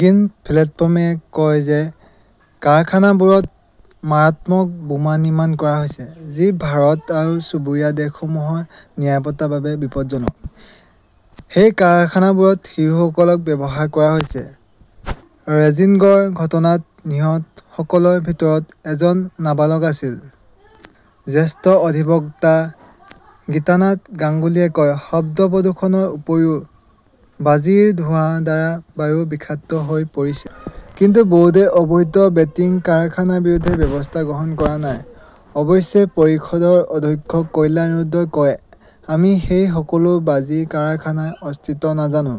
Green প্লেটফৰ্ম-এ কয় যে কাৰখানাবোৰত মাৰাত্মক বোমা নিৰ্মাণ কৰা হৈছে, যি ভাৰত আৰু চুবুৰীয়া দেশসমূহৰ নিৰাপত্তাৰ বাবে বিপদজনক। সেই কাৰখানাবোৰত শিশুসকলক ব্যৱহাৰ কৰা হৈছে। ৰেজিনগৰ ঘটনাত নিহতসকলৰ ভিতৰত এজন নাবালক আছিল। জ্যেষ্ঠ অধিবক্তা গীতানাথ গাংগুলীয়ে কয়, শব্দ প্ৰদূষণৰ উপৰিও বাজিৰ ধোঁৱাৰ দ্বাৰা বায়ু বিষাক্ত হৈ পৰিছে। কিন্তু বৰ্ডে অবৈধ বেটিং কাৰখানাৰ বিৰুদ্ধে ব্যৱস্থা গ্ৰহণ কৰা নাই। অৱশ্যে, পৰিষদৰ অধ্যক্ষ কল্যাণ ৰুদ্ৰই কয়, আমি সেই সকলো বাজি কাৰখানাৰ অস্তিত্ব নাজানো।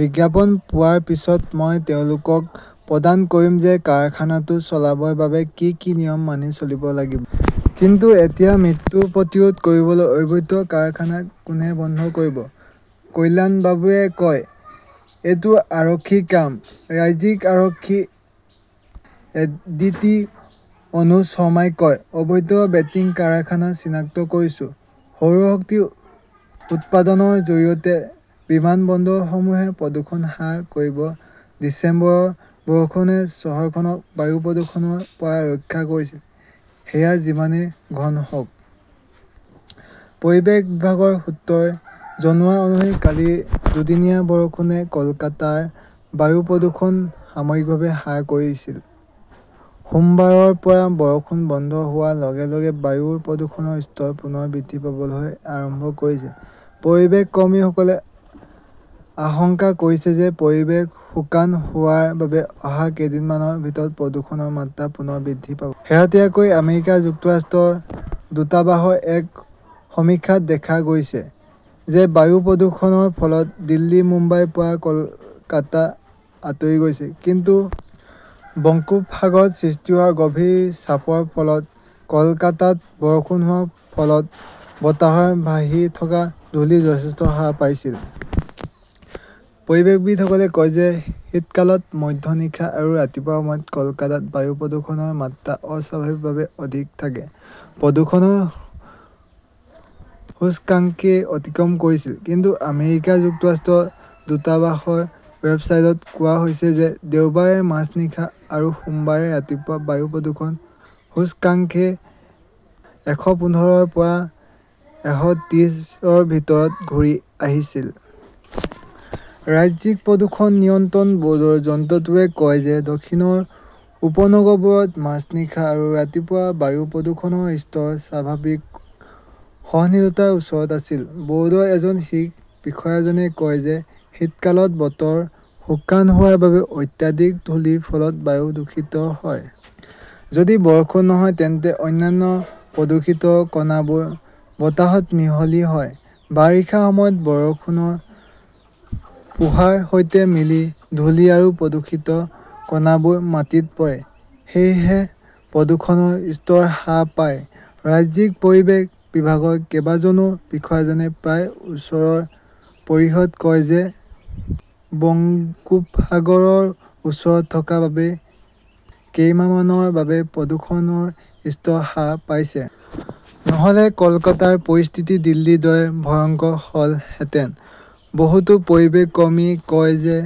বিজ্ঞাপন পোৱাৰ পিছত, মই তেওঁলোকক প্ৰদান কৰিম যে কাৰখানাটো চলাবৰ বাবে কি কি নিয়ম মানি চলিব লাগিব। কিন্তু এতিয়া মৃত্যু প্ৰতিৰোধ কৰিবলৈ অবৈধ কাৰখানা কোনে বন্ধ কৰিব? কল্যাণবাবুৱে কয়, এইটো আৰক্ষীৰ কাম। ৰাজ্যিক আৰক্ষীৰ এডিডি অনুজ শৰ্মাই কয়, অবৈধ বেটিং কাৰখানা চিনাক্ত কৰিছো। সৌৰ শক্তি উৎপাদনৰ জৰিয়তে বিমানবন্দৰসমূহে প্ৰদূষণ হ্ৰাস কৰিব ডিচেম্বৰৰ বৰষুণে চহৰখনক বায়ু প্ৰদূষণৰ পৰা ৰক্ষা কৰিছিল, সেয়া যিমানেই ঘন হওঁক। পৰিৱেশ বিভাগৰ সূত্ৰই জনোৱা অনুসৰি কালি দুদিনীয়া বৰষুণে কলকাতাৰ বায়ুৰ প্ৰদূষণ সাময়িকভাৱে হ্ৰাস কৰিছিল। সোমবাৰৰ পৰা বৰষুণ বন্ধ হোৱাৰ লগে-লগে বায়ুৰ প্ৰদূষণৰ স্তৰ পুনৰ বৃদ্ধি পাবলৈ আৰম্ভ কৰিছে। পৰিৱেশ কৰ্মীসকলে আশংকা কৰিছে যে পৰিৱেশ শুকান হোৱাৰ বাবে অহা কেইদিনমানৰ ভিতৰত প্ৰদূষণৰ মাত্ৰা পুনৰ বৃদ্ধি পাব। শেহতীয়াকৈ আমেৰিকা যুক্তৰাষ্ট্ৰৰ দূতাবাসৰ এক সমীক্ষাত দেখা গৈছে যে বায়ু প্ৰদূষণৰ ফলত দিল্লী, মুম্বাইৰ পৰা কলকাতা আঁতৰি গৈছে। কিন্তু বংগোপসাগৰত সৃষ্টি হোৱা গভীৰ চাপৰ ফলত কলকাতাত বৰষুণ হোৱাৰ ফলত বতাহৰ ভাহি থকা ধূলি যথেষ্ট হ্ৰাস পাইছিল। পৰিৱেশবিদসকলে কয় যে শীতকালত মধ্যনিশা আৰু ৰাতিপুৱাৰ সময়ত কলকাতাত বায়ু প্ৰদূষণৰ মাত্ৰা অস্বাভাৱিকভাৱে অধিক থাকে। প্ৰদূষণৰ সূচকাংকে অতিক্ৰম কৰিছিল। কিন্তু আমেৰিকা যুক্তৰাষ্ট্ৰৰ দূতাবাসৰ ৱেবছাইটত কোৱা হৈছে যে দেওবাৰে মাজনিশা আৰু সোমবাৰে ৰাতিপুৱা বায়ু প্ৰদূষণ সূচকাংকে এশপোন্ধৰ ৰ পৰা এশত্ৰিছ ৰ ভিতৰত ঘূৰি আহিছিল। ৰাজ্যিক প্ৰদূষণ নিয়ন্ত্ৰণ বৰ্ডৰ যন্ত্ৰটোৱে কয় যে দক্ষিণৰ উপনগৰবোৰত মাজনিশা আৰু ৰাতিপুৱা বায়ু প্ৰদূষণৰ স্তৰ স্বাভাৱিক সহনশীলতাৰ ওচৰত আছিল। বৰ্ডৰ এজন শীৰশ বিষয়াজনে কয় যে শীতকালত বতৰ শুকান হোৱাৰ বাবে অত্যাধিক ধূলিৰ ফলত বায়ু দূষিত হয়। যদি বৰষুণ নহয় তেন্তে অন্যান্য প্ৰদূষিত কণাবোৰ বতাহত মিহলি হয়। বাৰিষাৰ সময়ত বৰষুণৰ ফোঁহাৰ সৈতে মিলি ধূলি আৰু প্ৰদূষিত কণাবোৰ মাটিত পৰে। সেয়েহে প্ৰদূষণৰ স্তৰ হ্ৰাস পায়। ৰাজ্যিক পৰিৱেশ বিভাগৰ কেইবাজনো বিষয়াজনে প্ৰায়ে ওচৰৰ পৰিসৰত কয় যে বংগোপসাগৰৰ ওচৰত থকাৰ বাবে কেইমাহমানৰ বাবে প্ৰদূষণৰ স্তৰ হ্ৰাস পাইছে। নহলে কলকাতাৰ পৰিস্থিতি দিল্লীৰ দৰেই ভয়ংকৰ হলহেঁতেন। বহুতো পৰিৱেশ কৰ্মীই কয় যে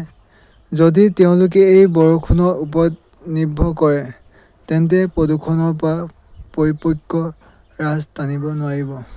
যদি তেওঁলোকে এই বৰষুণৰ ওপৰত নিৰ্ভৰ কৰে তেন্তে প্ৰদূষণৰ পৰা পৰিপক্ক ৰাছ টানিব নোৱাৰিব।